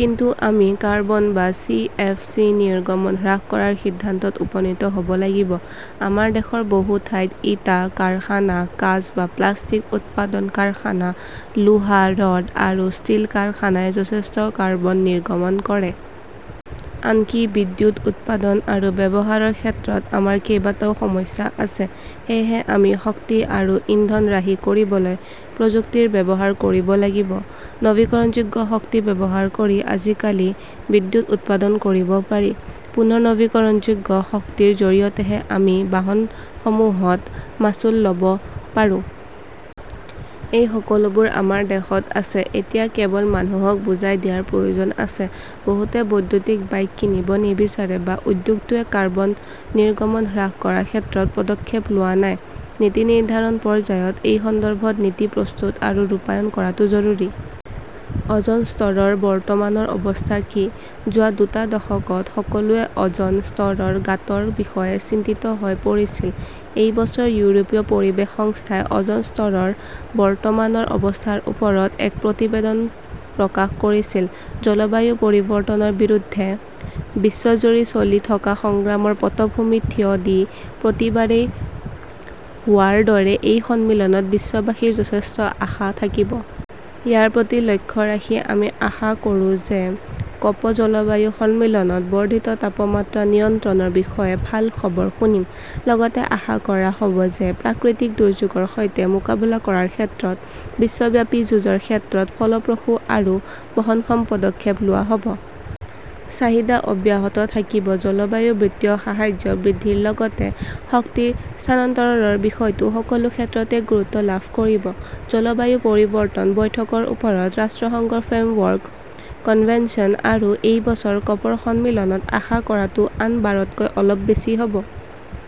কিন্তু আমি কাৰ্বন বা চি. এফ. চি. নিৰ্গমন হ্ৰাস কৰাৰ সিদ্ধান্তত উপনীত হ ব লাগিব। আমাৰ দেশৰ বহু ঠাইত ইটা, কাৰখানা, কাঁচ বা প্লাষ্টিক উৎপাদন কাৰখানা, লোহা-ৰড আৰু ষ্টীল কাৰখানাই যথেষ্ট কাৰ্বন নিৰ্গমন কৰে। আনকি বিদ্যুৎ উৎপাদন আৰু ব্যৱহাৰৰ ক্ষেত্ৰতো আমাৰ কেইবাটাও সমস্যা আছে। সেয়েহে আমি শক্তি আৰু ইন্ধন ৰাহি কৰিবলৈ প্ৰযুক্তি ব্যৱহাৰ কৰিব লাগিব। নৱীকৰণযোগ্য শক্তি ব্যৱহাৰ কৰি আজিকালি বিদ্যুৎ উৎপাদন কৰিব পাৰি। পুনৰ নৱীকৰণযোগ্য শক্তিৰ জৰিয়তেহে আমি বাহনসমূহত মাচুল ল'ব পাৰোঁ। এই সকলোবোৰ আমাৰ দেশত আছে। এতিয়া কেৱল মানুহক বুজাই দিয়াৰ প্ৰয়োজন আছে। বহুতে বৈদ্যুতিক বাইক কিনিব নিবিচাৰে বা উদ্যোগটোৱে কাৰ্বন নিৰ্গমন হ্ৰাস কৰাৰ ক্ষেত্ৰত পদক্ষেপ লোৱা নাই। নীতি নিৰ্ধাৰণ পৰ্যায়ত এই সন্দৰ্ভত নীতি প্ৰস্তুত আৰু ৰূপায়ণ কৰাটো জৰুৰী। অ'জন স্তৰৰ বৰ্তমানৰ অৱস্থা কি? যোৱা দুটা দশকত সকলোৱে অ'জন স্তৰৰ গাঁতৰ বিষয়ে চিন্তিত হৈ পৰিছিল। এই বছৰ ইউৰোপীয় পৰিৱেশ সংস্থাই অ'জন স্তৰৰ বৰ্তমানৰ অৱস্থাৰ ওপৰত এক প্ৰতিবেদন প্ৰকাশ কৰিছিল। জলবায়ু পৰিৱৰ্তনৰ বিৰুদ্ধে বিশ্বজুৰি চলি থকা সংগ্ৰামৰ পটভূমিত থিয় দি, প্ৰতিবাৰেই হোৱাৰ দৰে এই সন্মিলনত বিশ্ববাসীৰ যথেষ্ট আশা থাকিব। ইয়াৰ প্ৰতি লক্ষ্য ৰাখি আমি আশা কৰোঁ যে কপ- জলবায়ু সন্মিলনত বৰ্ধিত তাপমাত্ৰা নিয়ন্ত্ৰণৰ বিষয়ে ভাল খবৰ শুনিব। লগতে আশা কৰা হ'ব যে প্ৰাকৃতিক দুৰ্যোগৰ সৈতে মোকাবিলা কৰাৰ ক্ষেত্ৰত বিশ্বব্যাপী যুঁজৰ ক্ষেত্ৰত ফলপ্ৰসূ আৰু বহনক্ষম পদক্ষেপ লোৱা হ'ব। চাহিদা অব্যাহত থাকিব, জলবায়ু বিত্তীয় সাহায্য বৃদ্ধিৰ লগতে শক্তি স্থানান্তৰৰ বিষয়টো সকলো ক্ষেত্ৰতে গুৰুত্ব লাভ কৰিব। জলবায়ু পৰিৱৰ্তন বৈঠকৰ ওপৰত ৰাষ্ট্ৰসংঘৰ ফ্ৰেমৱৰ্ক কনভেনচন আৰু এই বছৰ কপৰ সন্মিলনত আশা কৰাটো আন বাৰতকৈ অলপ বেছি হ 'ব।